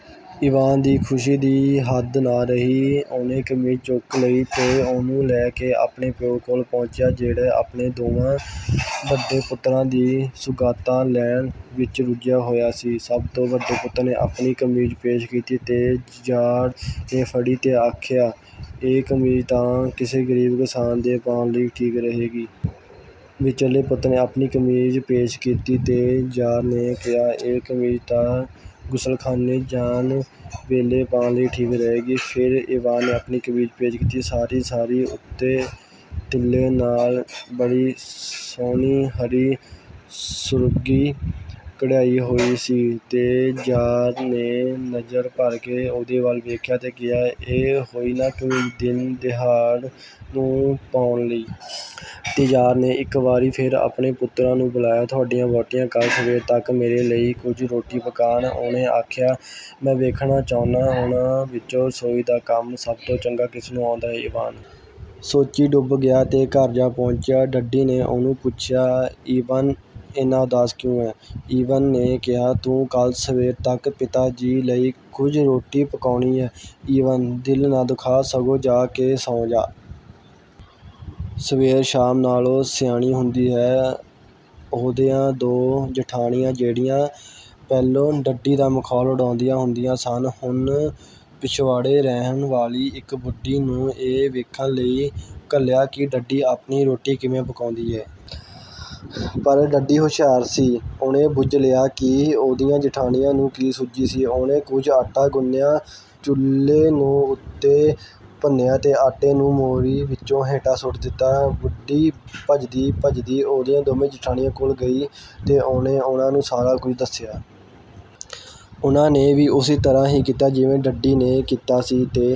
ਈਵਾਨ ਦੀ ਖੁਸ਼ੀ ਦੀ ਹੱਦ ਨਾ ਰਹੀ। ਉਹਨੇ ਕਮੀਜ਼ ਚੁਕ ਲਈ ਤੇ ਉਹਨੂੰ ਲੈ ਕੇ ਆਪਣੇ ਪਿਓ ਕੋਲ ਪਹੁੰਚਿਆ ਜਿਹੜਾ ਆਪਣੇ ਦੋਵਾਂ ਵਡੇ ਪੁੱਤਰਾਂ ਦੀਆਂ ਸੁਗਾਤਾਂ ਲੈਣ ਵਿਚ ਰੁੱਝਾ ਹੋਇਆ ਸੀ। ਸਭ ਤੋਂ ਵਡੇ ਪੁੱਤਰ ਨੇ ਆਪਣੀ ਕਮੀਜ਼ ਪੇਸ਼ ਕੀਤੀ, ਤੇ ਜ਼ਾਰ ਨੇ ਫੜੀ ਤੇ ਆਖਿਆ, "ਇਹ ਕਮੀਜ਼ ਤਾਂ ਕਿਸੇ ਗਰੀਬ ਕਿਸਾਨ ਦੇ ਪਾਣ ਲਈ ਠੀਕ ਰਹੇਗੀ।" ਵਿਚਲੇ ਪੁੱਤਰ ਨੇ ਆਪਣੀ ਕਮੀਜ਼ ਪੇਸ਼ ਕੀਤੀ, ਤੇ ਜ਼ਾਰ ਨੇ ਕਿਹਾ, "ਇਹ ਕਮੀਜ਼ ਤਾਂ ਗ਼ੁਸਲਖਾਨੇ ਜਾਣ ਵੇਲੇ ਪਾਣ ਲਈ ਠੀਕ ਰਹੇਗੀ।" ਫੇਰ ਈਵਾਨ ਨੇ ਆਪਣੀ ਕਮੀਜ਼ ਪੇਸ਼ ਕੀਤੀ। ਸਾਰੀ ਦੀ ਸਾਰੀ ਉਤੇ ਤਿੱਲੇ ਨਾਲ ਬੜੀ ਸੁਹਣੀ, ਹਰੀ-ਸੁਰੰਗੀ ਕਢਾਈ ਹੋਈ ਸੀ, ਤੇ ਜ਼ਾਰ ਨੇ ਨਜ਼ਰ ਭਰਕੇ ਉਹਦੇ ਵਲ ਵੇਖਿਆ ਤੇ ਕਿਹਾ, "ਇਹ ਹੋਈ ਨਾ ਕਮੀਜ਼ ਦਿਨ-ਦਿਹਾਰ ਨੂੰ ਪਾਣ ਲਈ।" ਤੇ ਜ਼ਾਰ ਨੇ ਇੱਕ ਵਾਰੀ ਫੇਰ ਆਪਣੇ ਪੁੱਤਰਾਂ ਨੂੰ ਬੁਲਾਇਆ। "ਤੁਹਾਡੀਆਂ ਵਹੁਟੀਆਂ ਕਲ੍ਹ ਸਵੇਰ ਤਕ ਮੇਰੇ ਲਈ ਕੁਝ ਰੋਟੀ ਪਕਾਣ," ਉਹਨੇ ਆਖਿਆ। "ਮੈਂ ਵੇਖਣਾ ਚਾਹੁੰਨਾਂ, ਉਹਨਾਂ ਵਿੱਚੋਂ ਰਸੋਈ ਦਾ ਕੰਮ ਸਭ ਤੋਂ ਚੰਗਾ ਕਿਸਨੂੰ ਆਉਂਦਾ ਹੈ।"ਈਵਾਨ ਸੋਚੀਂ ਡੁੱਬ ਗਿਆ ਤੇ ਘਰ ਜਾ ਪਹੁੰਚਿਆ। ਡੱਡੀ ਨੇ ਉਹਨੂੰ ਪੁੱਛਿਆ, "ਈਵਾਨ, ਏਨਾ ਉਦਾਸ ਕਿਉਂ ਏਂ?" ਈਵਾਨ ਨੇ ਕਿਹਾ, "ਤੂੰ ਕੱਲ੍ਹ ਸਵੇਰ ਤੱਕ ਪਿਤਾ ਜੀ ਲਈ ਕੁਝ ਰੋਟੀ ਪਕਾਉਣੀ ਏਂ।""ਈਵਾਨ, ਦਿਲ ਨਾ ਦੁਖਾ, ਸਗੋਂ ਜਾ ਕੇ ਸੌਂ ਜਾ। ਸਵੇਰ ਸ਼ਾਮ ਨਾਲੋਂ ਸਿਆਣੀ ਹੁੰਦੀ ਏ।" ਉਹਦੀਆਂ ਦੋ ਜੇਠਾਣੀਆਂ, ਜਿਹੜੀਆਂ ਪਹਿਲੋਂ ਡੱਡੀ ਦਾ ਮਖੌਲ ਉਡਾਉਂਦੀਆਂ ਹੁੰਦੀਆਂ ਸਨ, ਹੁਣ ਪਿਛਵਾੜੇ ਰਹਿਣ ਵਾਲੀ ਇੱਕ ਬੁੱਢੀ ਨੂੰ ਇਹ ਵੇਖਣ ਲਈ ਘੱਲਿਆ ਕਿ ਡੱਡੀ ਆਪਣੀ ਰੋਟੀ ਕਿਵੇਂ ਪਕਾਉਂਦੀ ਏ? ਪਰ ਡੱਡੀ ਹੁਸ਼ਿਆਰ ਸੀ ਤੇ ਉਹਨੇ ਬੁੱਝ ਲਿਆ ਕਿ ਉਹਦੀਆਂ ਜੇਠਾਣੀਆਂ ਨੂੰ ਕੀ ਸੁੱਝੀ ਸੀ। ਉਹਨੇ ਕੁਝ ਆਟਾ ਗੁੰਨਿਆ, ਚੁੱਲ੍ਹੇ ਨੂੰ ਉੱਤੋਂ ਭੰਨਿਆ ਤੇ ਆਟੇ ਨੂੰ ਮੋਰੀ ਵਿੱਚੋਂ ਹੇਠਾਂ ਸੁੱਟ ਦਿੱਤਾ। ਬੁੱਢੀ ਭੱਜਦੀ-ਭੱਜਦੀ ਉਹਦੀਆਂ ਦੋਵਾਂ ਜੇਠਾਣੀਆਂ ਕੋਲ ਗਈ ਤੇ ਉਹਨੇ ਉਹਨਾਂ ਨੂੰ ਸਾਰਾ ਕੁਝ ਦੱਸਿਆ। ਉਹਨਾਂ ਨੇ ਵੀ ਓਸੇ ਤਰ੍ਹਾਂ ਹੀ ਕੀਤਾ, ਜਿਵੇਂ ਡੱਡੀ ਨੇ ਕੀਤਾ ਸੀ। ਤੇ